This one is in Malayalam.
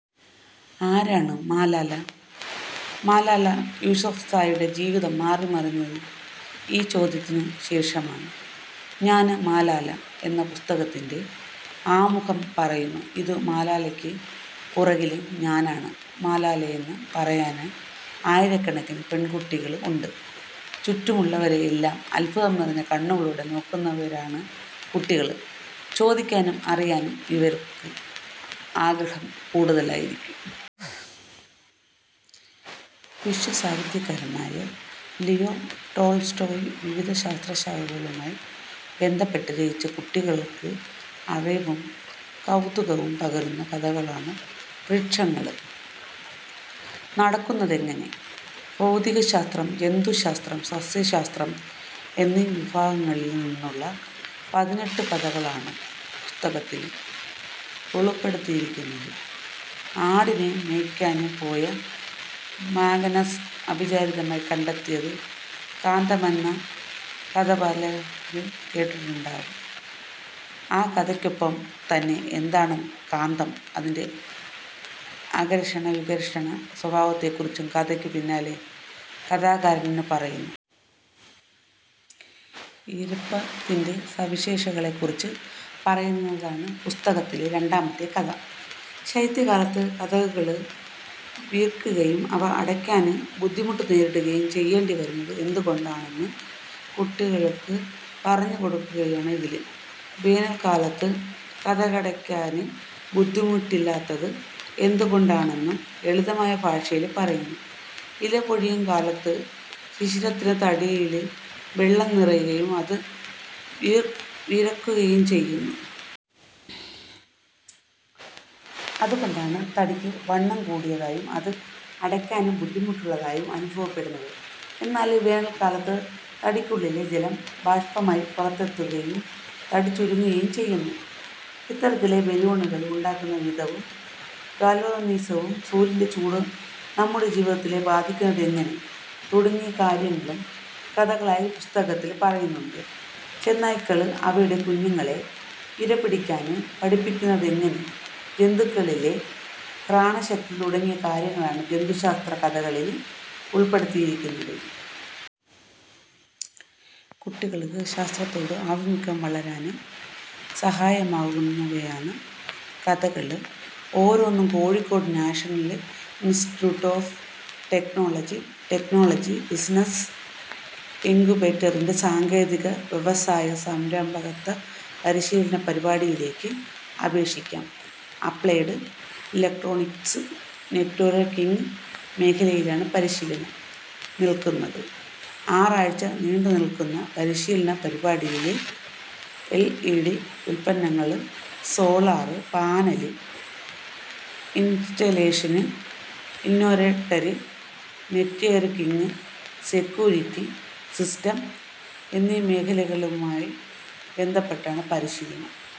ആരാണ് മലാല. മലാല യൂസഫ്സായിയുടെ ജീവിതം മാറിമറിഞ്ഞത് ഈ ചോദ്യത്തിന് ശേഷമാണ്. ഞാന് മലാല എന്ന പുസ്തകത്തിന്റെ ആമുഖം പറയുന്നു. ഇന്ന് മലാലയ്ക്ക് പുറകില് ഞാനാണ് മലാലയെന്ന് പറയാന് ആയിരക്കണക്കിന് പെണ്കുട്ടികള് ഉണ്ട്. ചുറ്റുമുള്ളവയെ എല്ലാം അദ്ഭുതം നിറഞ്ഞ കണ്ണുകളോടെ നോക്കുന്നവരാണ് കുട്ടികള്. ചോദിക്കാനും അറിയാനും ഇവര്ക്ക് ആഗ്രഹവും കൂടുതലായിരിക്കും. വിശ്വസാഹിത്യകാരനായ ലിയോ ടോള്സ്റ്റോയ് വിവിധ ശാസ്ത്രശാഖകളുമായി ബന്ധപ്പെട്ട് രചിച്ച കുട്ടികള്ക്ക് അറിവും കൗതുകവും പകരുന്ന കഥകളാണ് 'വൃക്ഷങ്ങള് നടക്കുന്നതെങ്ങനെ'. ഭൗതികശാസ്ത്രം, ജന്തുശാസ്ത്രം, സസ്യശാസ്ത്രം എന്നീ വിഭാഗങ്ങളില് നിന്നുള്ള പതിനെട്ടു കഥകളാണ് പുസ്തകത്തില് ഉള്പ്പെടുത്തിയിരിക്കുന്നത്. ആടിനെ മേയ്ക്കാന് പോയ മാഗനസ് അവിചാരിതമായി കണ്ടെത്തിയതാണ് കാന്തമെന്ന കഥ പലരും കേട്ടിട്ടുണ്ടാവും. ആ കഥയ്ക്കൊപ്പം തന്നെ എന്താണ് കാന്തം, അതിന്റെ ആകര്ഷണവികര്ഷണ സ്വഭാവത്തെ കുറിച്ചും കഥയ്ക്കു പിന്നാലെ കഥാകാരന് പറയുന്നു. ഈര്പ്പത്തിന്റെ സവിശേഷതകളെ കുറിച്ച് പറയുന്നതാണ് പുസ്തകത്തിലെ രണ്ടാമത്തെ കഥ. ശൈത്യകാലത്ത് കതകുകള് വീര്ക്കുകയും അവ അടയ്ക്കാന് ബുദ്ധിമുട്ട് നേരിടുകയും ചെയ്യേണ്ടി വരുന്നത് എന്തുകൊണ്ടാണെന്ന് കുട്ടികള്ക്ക് പറഞ്ഞു കൊടുക്കുകയാണ് ഇതില്. വേനല്ക്കാലത്ത് കതകടയ്ക്കാന് ബുദ്ധിമുട്ടില്ലാത്തത് എന്തുകൊണ്ടാണെന്നും ലളിതമായ ഭാഷയില് പറയുന്നു. ഇല പൊഴിയും കാലത്തും ശിശിരത്തിലും തടിയില് വെള്ളം നിറയുകയും അത് വീര്ക്കുകയും ചെയ്യുന്നു. അതുകൊണ്ടാണ് തടിക്ക് വണ്ണം കൂടിയതായും അത് അടയ്ക്കാന് ബുദ്ധിമുട്ടുള്ളതായും അനുഭവപ്പെടുന്നത്. എന്നാല് വേനല്ക്കാലത്ത് തടിക്കുള്ളിലെ ജലം ബാഷ്പമായി പുറത്തെത്തുകയും തടി ചുരുങ്ങുകയും ചെയ്യുന്നു. ഇത്തരത്തില് ബലൂണുകള് ഉണ്ടാക്കുന്ന വിധവും ഗാല്വനിസവും സൂര്യന്റെ ചൂട് നമ്മുടെ ജീവിതത്തെ ബാധിക്കുന്നതെങ്ങനെ തുടങ്ങിയ കാര്യങ്ങളും കഥകളായി പുസ്തകത്തില് പറയുന്നുണ്ട്. ചെന്നായ്ക്കള് അവയുടെ കുഞ്ഞുങ്ങളെ ഇര പിടിക്കാന് പഠിപ്പിക്കുന്നതെങ്ങനെ, ജന്തുക്കളിലെ ഘ്രാണശക്തി തുടങ്ങിയ കാര്യങ്ങളാണ് ജന്തുശാസ്ത്ര കഥകളില് ഉള്പ്പെടുത്തിയിരിക്കുന്നത്. കുട്ടികള്ക്ക് ശാസ്ത്രത്തോട് ആഭിമുഖ്യം വളരാന് സഹായകമാകുന്നവയാണ് കഥകള് ഓരോന്നും. Kozhikode National Institute of Technology, technology business ഇന്ക്യുബേറ്ററിന്റെ സാങ്കേതിക വ്യവസായ സംരംഭകത്വ പരിശീലന പരിപാടിയിലേക്ക് അപേക്ഷിക്കാം. അപ്ലൈഡ് ഇലക്ട്രോണിക്സ് നെറ്റ്വര്ക്കിങ് മേഖലയിലാണ് പരിശീലനം നല്കുന്നത്. ആറാഴ്ച നീണ്ടു നില്ക്കുന്ന പരിശീലന പരിപാടിയില് എല്ഇഡി ഉത്പന്നങ്ങള്, solar panel installation, inverter, networking security system എന്നീ മേഖലകളുമായി ബന്ധപ്പെട്ടാണ് പരിശീലനം.